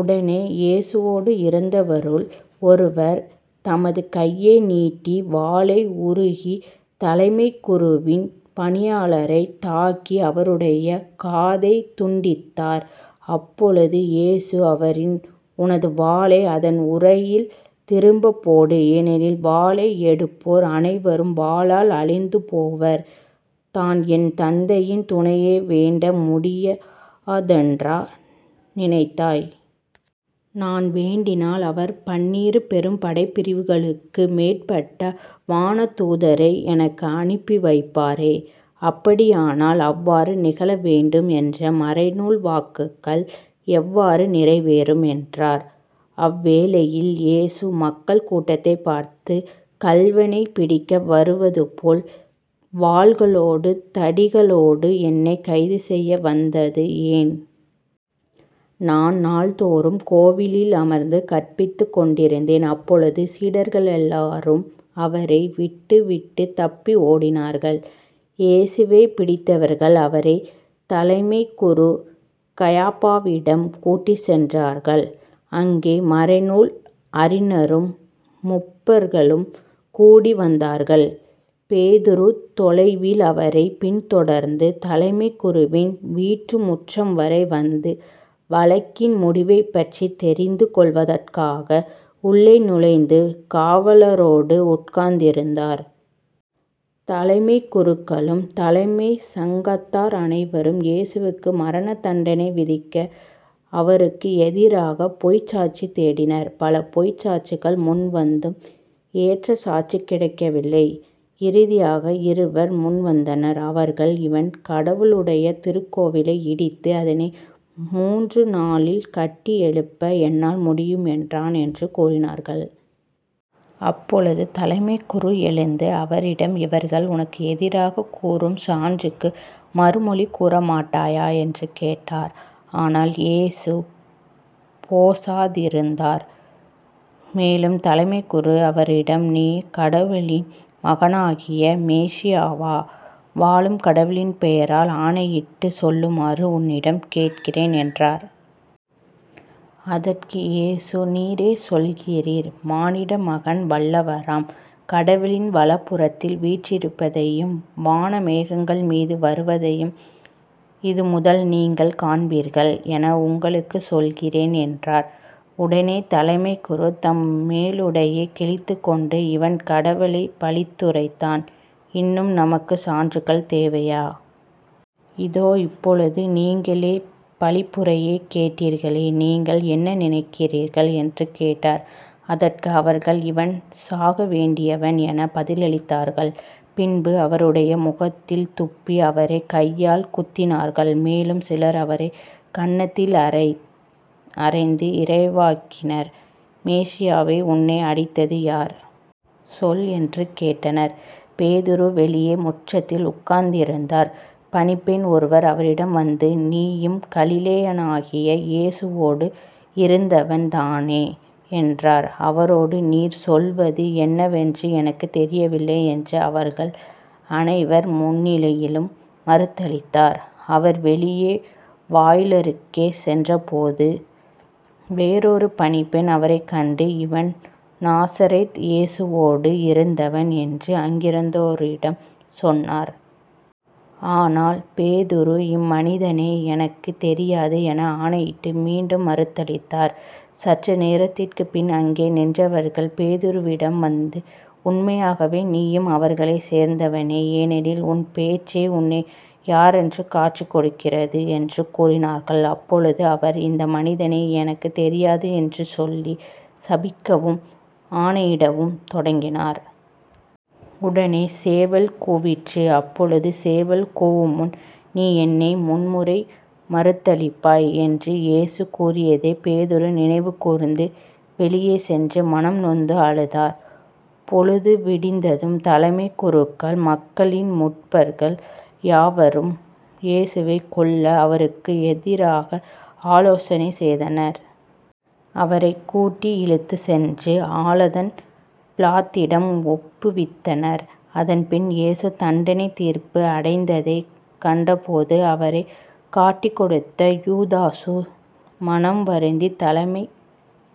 உடனே இயேசுவோடு இருந்தவருள் ஒருவர் தமது கையை நீட்டி வாளை உருவித் தலைமைக் குருவின் பணியாளரைத் தாக்கி அவருடைய காதைத் துண்டித்தார். அப்பொழுது இயேசு அவரிடம் உனது வாளை அதன் உறையில் திரும்பப் போடு. ஏனெனில் வாளை எடுப்போர் அனைவரும் வாளால் அழிந்து போவர். நான் என் தந்தையின் துணையை வேண்ட முடியாதென்றா நினைத்தாய்? நான் வேண்டினால் அவர் பன்னிரு பெரும் படைப்பிரிவுகளுக்கு மேற்பட்ட வானதூதரை எனக்கு அனுப்பி வைப்பாரே. அப்படியானால் இவ்வாறு நிகழவேண்டும் என்ற மறைநூல் வாக்குகள் எவ்வாறு நிறைவேறும்? என்றார். அவ்வேளையில் இயேசு மக்கள் கூட்டத்தைப் பார்த்து கள்வனைப் பிடிக்க வருவதுபோல் வாள்களோடும் தடிகளோடும் என்னைக் கைதுசெய்ய வந்தது ஏன்? நான் நாள்தோறும் கோவிலில் அமர்ந்து கற்பித்துக் கொண்டிருந்தேன். அப்பொழுது சீடர்களெல்லாரும் அவரை விட்டுவிட்டுத் தப்பி ஓடினார்கள். இயேசுவைப் பிடித்தவர்கள் அவரைத் தலைமைக் குரு கயபாவிடம் கூட்டிச்சென்றார்கள். அங்கே மறைநூல் அறிஞரும் முப்பர்களும் கூடி வந்தார்கள். பேதுரு தொலைவில் அவரைப் பின்தொடர்ந்து தலைமைக் குருவின் வீட்டு முற்றம்வரை வந்து வழக்கின் முடிவைப்பற்றித் தெரிந்து கொள்வதற்காக உள்ளே நுழைந்து காவலரோடு உட்கார்ந்திருந்தார். தலைமைக் குருக்களும் தலைமைச் சங்கத்தார் அனைவரும் இயேசுவுக்கு மரண தண்டனை விதிக்க அவருக்கு எதிராகப் பொய்ச் சாட்சி தேடினர். பல பொய்ச் சாட்சிகள் முன்வந்தும் ஏற்ற சாட்சி கிடைக்கவில்லை. இறுதியாக இருவர் முன்வந்தனர். அவர்கள் இவன் கடவுளுடைய திருக்கோவிலை இடித்து அதை முன்று நாளில் கட்டியெழுப்ப என்னால் முடியும் என்றான் என்று கூறினார்கள். அப்பொழுது தலைமைக் குரு எழுந்து அவரிடம் இவர்கள் உனக்கு எதிராகக் கூறும் சான்றுக்கு மறுமொழி கூறமாட்டாயா? என்று கேட்டார். ஆனால் இயேசு போசாதிருந்தார். மேலும் தலைமைக் குரு அவரிடம் நீ கடவுளின் மகனாகிய மெசியாவா? வாழும் கடவுளின் பெயரால் ஆணையிட்டுச் சொல்லுமாறு உன்னிடம் கேட்கிறேன் என்றார். அதற்கு இயேசு நீரே சொல்லுகிறீர் மானிட மகன் வல்லவராம் கடவுளின் வலப்புறத்தில் வீற்றிருப்பதையும் வான மேகங்கள்மீது வருவதையும் இதுமுதல் நீங்கள் காண்பீர்கள் என உங்களுக்குச் சொல்கிறேன் என்றார். உடனே தலைமைக் குரு தம் மேலுடையை கிழித்துக்கொண்டு இவன் கடவுளைப் பழித்துரைத்தான். இன்னும் நமக்குச் சான்றுகள் தேவையா? இதோ இப்பொழுது நீங்களே பழிப்புரையைக் கேட்டீர்களே. நீங்கள் என்ன நினைக்கிறீர்கள்? என்று கேட்டார். அதற்கு அவர்கள் இவன் சாக வேண்டியவன் எனப் பதிலளித்தார்கள். பின்பு அவருடைய முகத்தில் துப்பி அவரைக் கையால் குத்தினார்கள். மேலும் சிலர் அவரைக் கன்னத்தில் அறைந்து இறைவாக்கினர் மெசியாவே உன்னை அடித்தது யார்? சொல் என்று கேட்டனர். பேதுரு வெளியே முற்றத்தில் உட்கார்ந்திருந்தார். பணிப்பெண் ஒருவர் அவரிடம் வந்து நீயும் கலிலேயனாகிய இயேசுவோடு இருந்தவன் தானே என்றார். அவரோ நீர் சொல்வது என்னவென்று எனக்குத் தெரியவில்லை என்று அவர்கள் அனைவர் முன்னிலையிலும் மறுதலித்தார். அவர் வெளியே வாயிலருகே சென்றபோது வேறொரு பணிப்பெண் அவரைக் கண்டு இவன் நாசரேத்து இயேசுவோடு இருந்தவன் என்று அங்கிருந்தோரிடம் சொன்னார். ஆனால் பேதுரு இம்மனிதனை எனக்குத் தெரியாது என ஆணையிட்டு மீண்டும் மறுதலித்தார். சற்று நேரத்திற்குப்பின் அங்கே நின்றவர்கள் பேதுருவிடம் வந்து உண்மையாகவே நீயும் அவர்களைச் சேர்ந்தவனே ஏனெனில் உன் பேச்சே உன்னை யாரென்று காட்டிக்கொடுக்கிறது என்று கூறினார்கள். அப்பொழுது அவர் இந்த மனிதனை எனக்குத் தெரியாது என்று சொல்லிச் சபிக்கவும் ஆணையிடவும் தொடங்கினார். உடனே சேவல் கூவிற்று. அப்பொழுது சேவல் கூவுமுன் நீ என்னை மும்முறை மறுதலிப்பாய் என்று இயேசு கூறியதைப் பேதுரு நினைவுகூர்ந்து வெளியே சென்று மனம் நொந்து அழுதார். பொழுது விடிந்ததும் தலைமைக் குருக்கள் மக்களின் முப்பர்கள் யாவரும் இயேசுவைக் கொல்ல அவருக்கு எதிராக ஆலோசனை செய்தனர். அவரைக் கூட்டி இழுத்துச் சென்று ஆளநன் பிலாத்திடம் ஒப்புவித்தனர். அதன்பின் இயேசு தண்டனைத் தீர்ப்பு அடைந்ததைக் கண்டபோது அவரைக் காட்டிக்கொடுத்த யூதாசு மனம் வருந்தி தலைமைக்